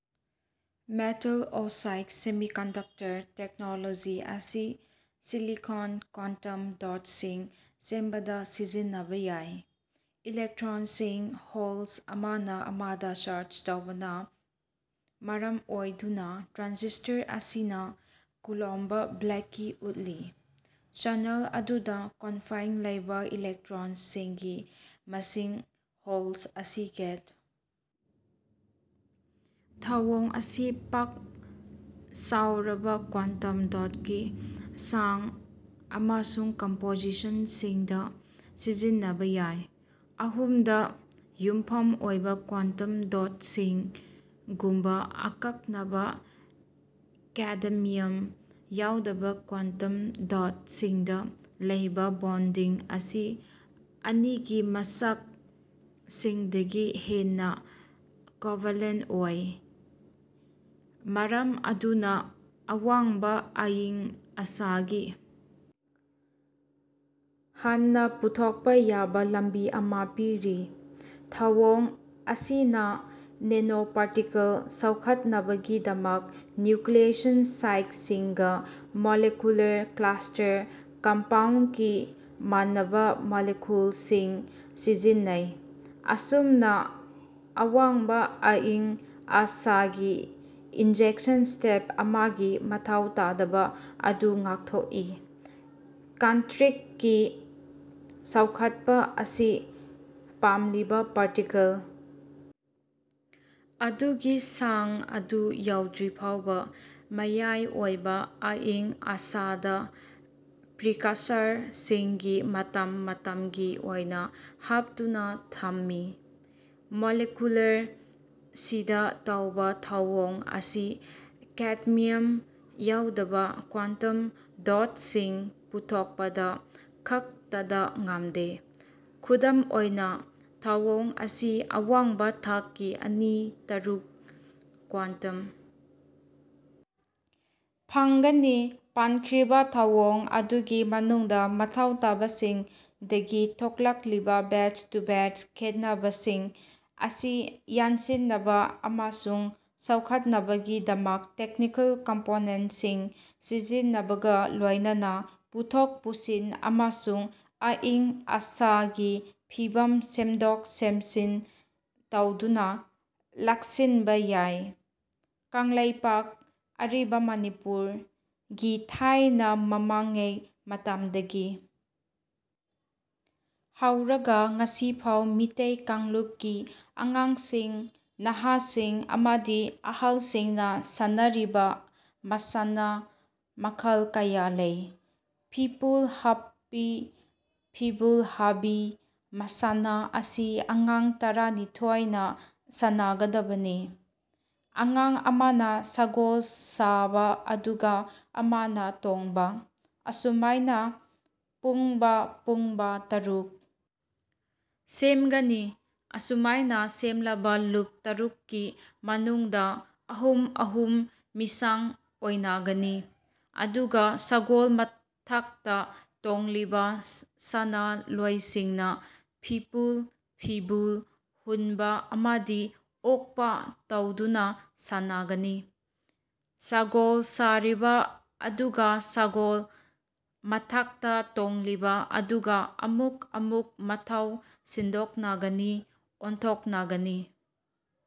Metal oxide semiconductor technology ꯑꯁꯤ silicon quantum ꯗꯣꯠꯁꯤꯡ ꯁꯦꯝꯕꯗ ꯁꯤꯖꯤꯟꯅꯕ ꯌꯥꯏ꯫ ꯏꯂꯦꯛꯇ꯭ꯔꯣꯟꯁꯤꯡ (ꯍꯣꯜꯁ) ꯑꯃꯅ ꯑꯃꯗ ꯆꯥꯔꯖ ꯇꯧꯕꯅ ꯃꯔꯝ ꯑꯣꯏꯗꯨꯅ ꯇ꯭ꯔꯥꯟꯖꯤꯁ꯭ꯇꯣꯔ ꯑꯁꯤꯅ ꯀꯨꯂꯣꯝꯕ ꯕ꯭ꯂꯦꯀꯦ ꯎꯠꯂꯤ꯫ ꯆꯦꯅꯦꯜ ꯑꯗꯨꯗ ꯀꯣꯟꯐꯥꯏꯟꯗ ꯂꯩꯕ ꯏꯂꯦꯛꯇ꯭ꯔꯣꯟꯁꯤꯡꯒꯤ ꯃꯁꯤꯡ (ꯍꯣꯜꯁ) ꯑꯁꯤ ꯒꯦꯠ ꯊꯧꯑꯣꯡ ꯑꯁꯤ ꯄꯥꯛ-ꯆꯥꯎꯔꯕ ꯀ꯭ꯋꯥꯟꯇꯝ ꯗꯣꯠꯀꯤ ꯆꯥꯡ ꯑꯃꯁꯨꯡ ꯀꯝꯄꯣꯖꯤꯁꯟꯁꯤꯡꯗ ꯁꯤꯖꯤꯟꯅꯕ ꯌꯥꯏ꯫ ꯑꯍꯨꯝ-ꯗ ꯌꯨꯝꯐꯝ ꯑꯣꯏꯕ ꯀ꯭ꯋꯥꯟꯇꯝ ꯗꯣꯠꯁꯤꯡꯒꯨꯝꯕ ꯑꯀꯛꯅꯕ ꯀꯦꯗꯃꯤꯌꯝ ꯌꯥꯎꯗꯕ ꯀ꯭ꯋꯥꯟꯇꯝ ꯗꯣꯠꯁꯤꯡꯗ ꯂꯩꯕ ꯕꯣꯟꯗꯤꯡ ꯑꯁꯤ ꯑꯅꯤ-ꯒꯤ ꯃꯆꯥꯛꯁꯤꯡꯗꯒꯤ ꯍꯦꯟꯅ ꯀꯣꯚꯂꯦꯟ ꯑꯣꯏ, ꯃꯔꯝ ꯑꯗꯨꯅ ꯑꯋꯥꯡꯕ ꯑꯏꯪ ꯑꯁꯥꯒꯤ ꯍꯟꯅ ꯄꯨꯊꯣꯛꯄ ꯌꯥꯕ ꯂꯝꯕꯤ ꯑꯃ ꯄꯤꯔꯤ꯫ ꯊꯧꯑꯣꯡ ꯑꯁꯤꯅ ꯅꯦꯅꯣꯄꯥꯔꯇꯤꯀꯜ ꯆꯥꯎꯈꯠꯅꯕꯒꯤꯗꯃꯛ ꯅ꯭ꯌꯨꯀ꯭ꯂꯤꯌꯦꯁꯟ ꯁꯥꯏꯠꯁꯤꯡꯒ ꯃꯣꯂꯤꯀ꯭ꯌꯨꯂꯔ ꯀ꯭ꯂꯁꯇꯔ ꯀꯝꯄꯥꯎꯟꯠꯀꯤ ꯃꯥꯟꯅꯕ ꯃꯣꯂꯤꯀꯜꯁꯤꯡ ꯁꯤꯖꯤꯟꯅꯩ, ꯑꯁꯨꯝꯅ ꯑꯋꯥꯡꯕ ꯑꯏꯪ-ꯑꯁꯥꯒꯤ ꯏꯟꯖꯦꯛꯁꯟ ꯁ꯭ꯇꯦꯞ ꯑꯃꯒꯤ ꯃꯊꯧ ꯇꯥꯗꯕ ꯑꯗꯨ ꯉꯥꯛꯊꯣꯛꯏ꯫ ꯀꯟꯇ꯭ꯔꯤꯛꯀꯤ ꯆꯥꯎꯈꯠꯄ ꯑꯁꯤ ꯄꯥꯝꯂꯤꯕ ꯄꯥꯔꯇꯤꯀꯜ ꯑꯗꯨꯒꯤ ꯆꯥꯡ ꯑꯗꯨ ꯌꯧꯗ꯭ꯔꯤꯐꯥꯎꯕ ꯃꯌꯥꯏ ꯑꯣꯏꯕ ꯑꯏꯪ-ꯑꯁꯥꯗ ꯄ꯭ꯔꯤꯀꯁꯔꯁꯤꯡꯒꯤ ꯃꯇꯝ-ꯃꯇꯝꯒꯤ ꯑꯣꯏꯅ ꯍꯥꯞꯇꯨꯅ ꯊꯝꯃꯤ꯫ ꯃꯣꯂꯤꯀ꯭ꯌꯨꯂꯔ ꯁꯤꯗ ꯇꯧꯕ ꯊꯧꯑꯣꯡ ꯑꯁꯤ ꯀꯦꯗꯃꯤꯌꯝ ꯌꯥꯎꯗꯕ ꯀ꯭ꯋꯥꯟꯇꯝ ꯗꯣꯠꯁꯤꯡ ꯄꯨꯊꯣꯛꯄꯗ ꯈꯛꯇꯗ ꯉꯝꯗꯦ, ꯈꯨꯗꯝ ꯑꯣꯏꯅ ꯊꯧꯑꯣꯡ ꯑꯁꯤ ꯑꯋꯥꯡꯕ ꯊꯥꯛꯀꯤ ꯑꯅꯤ- ꯇꯔꯨꯛ ꯀ꯭ꯋꯥꯟꯇꯝ ꯐꯪꯒꯅꯤ꯫ ꯄꯟꯈ꯭ꯔꯤꯕ ꯊꯧꯑꯣꯡ ꯑꯗꯨꯒꯤ ꯃꯅꯨꯡꯗ ꯃꯊꯧ ꯇꯥꯕꯁꯤꯡꯗꯒꯤ ꯊꯣꯛꯂꯛꯂꯤꯕ ꯕꯆ-ꯇꯨ-ꯕꯆ ꯈꯦꯠꯅꯕꯁꯤꯡ ꯑꯁꯤ ꯌꯥꯟꯁꯤꯟꯅꯕ ꯑꯃꯁꯨꯡ ꯆꯥꯎꯈꯠꯅꯕꯒꯤꯗꯃꯛ ꯇꯦꯛꯅꯤꯀꯦꯜ ꯀꯝꯄꯣꯅꯦꯟꯠꯁꯤꯡ ꯁꯤꯖꯤꯟꯅꯕꯒ ꯂꯣꯏꯅꯅ ꯄꯨꯊꯣꯛ-ꯄꯨꯁꯤꯟ ꯑꯃꯁꯨꯡ ꯑꯏꯪ-ꯑꯁꯥꯒꯤ ꯐꯤꯚꯝ ꯁꯦꯝꯗꯣꯛ-ꯁꯦꯝꯖꯤꯟ ꯇꯧꯗꯨꯅ ꯂꯥꯛꯁꯤꯟꯕ ꯌꯥꯏ꯫ ꯀꯪꯂꯩꯄꯥꯛ (ꯑꯔꯤꯕ ꯃꯅꯤꯄꯨꯔ) ꯒꯤ ꯊꯥꯢꯅ ꯃꯃꯥꯡꯉꯩ ꯃꯇꯝꯗꯒꯤ ꯍꯧꯔꯒ ꯉꯁꯤꯐꯥꯎ ꯃꯤꯇꯩ ꯀꯥꯡꯂꯨꯞꯀꯤ ꯑꯉꯥꯡꯁꯤꯡ, ꯅꯍꯥꯁꯤꯡ ꯑꯃꯗꯤ ꯑꯍꯜꯁꯤꯡꯅ ꯁꯥꯟꯅꯔꯤꯕ ꯃꯁꯥꯟꯅ ꯃꯈꯜ ꯀꯌꯥ ꯂꯩ꯫ ꯐꯤꯄꯨꯜ ꯍꯥꯄꯤ (ꯐꯤꯕꯨꯜ ꯍꯥꯕꯤ) ꯃꯁꯥꯟꯅ ꯑꯁꯤ ꯑꯉꯥꯡ ꯇꯔꯥꯅꯤꯊꯣꯏꯅ ꯁꯥꯟꯅꯒꯗꯕꯅꯤ꯫ ꯑꯉꯥꯡ ꯑꯃꯅ ꯁꯒꯣꯜ ꯁꯥꯕ ꯑꯗꯨꯒ ꯑꯃꯅ ꯇꯣꯡꯕ, ꯑꯁꯨꯃꯥꯢꯅ ꯄꯨꯡꯕꯥ ꯄꯨꯡꯕꯥ ꯇꯔꯨꯛ ꯁꯦꯝꯒꯅꯤ꯫ ꯑꯁꯨꯃꯥꯢꯅ ꯁꯦꯝꯂꯕ ꯂꯨꯞ ꯇꯔꯨꯛ ꯀꯤ ꯃꯅꯨꯡꯗ ꯑꯍꯨꯝ - ꯑꯍꯨꯝ ꯃꯤꯆꯪ ꯑꯣꯢꯅꯒꯅꯤ꯫ ꯑꯗꯨꯒ ꯁꯒꯣꯜ ꯃꯊꯛꯇ ꯇꯣꯡꯂꯤꯕ ꯁꯥꯅꯂꯣꯢꯁꯤꯡꯅ ꯐꯤꯄꯨꯜ (ꯐꯤꯕꯨꯜ) ꯍꯨꯟꯕ ꯑꯃꯗꯤ ꯑꯣꯛꯄ ꯇꯧꯗꯨꯅ ꯁꯥꯟꯅꯒꯅꯤ꯫ ꯁꯒꯣꯜ ꯁꯥꯔꯤꯕ ꯑꯗꯨꯒ ꯁꯒꯣꯜ ꯃꯊꯛꯇ ꯇꯣꯡꯂꯤꯕ ꯑꯗꯨꯒ ꯑꯃꯨꯛ ꯑꯃꯨꯛ ꯃꯊꯧ ꯁꯤꯟꯗꯣꯛꯅꯒꯅꯤ ꯑꯣꯟꯊꯣꯛꯅꯒꯅꯤ꯫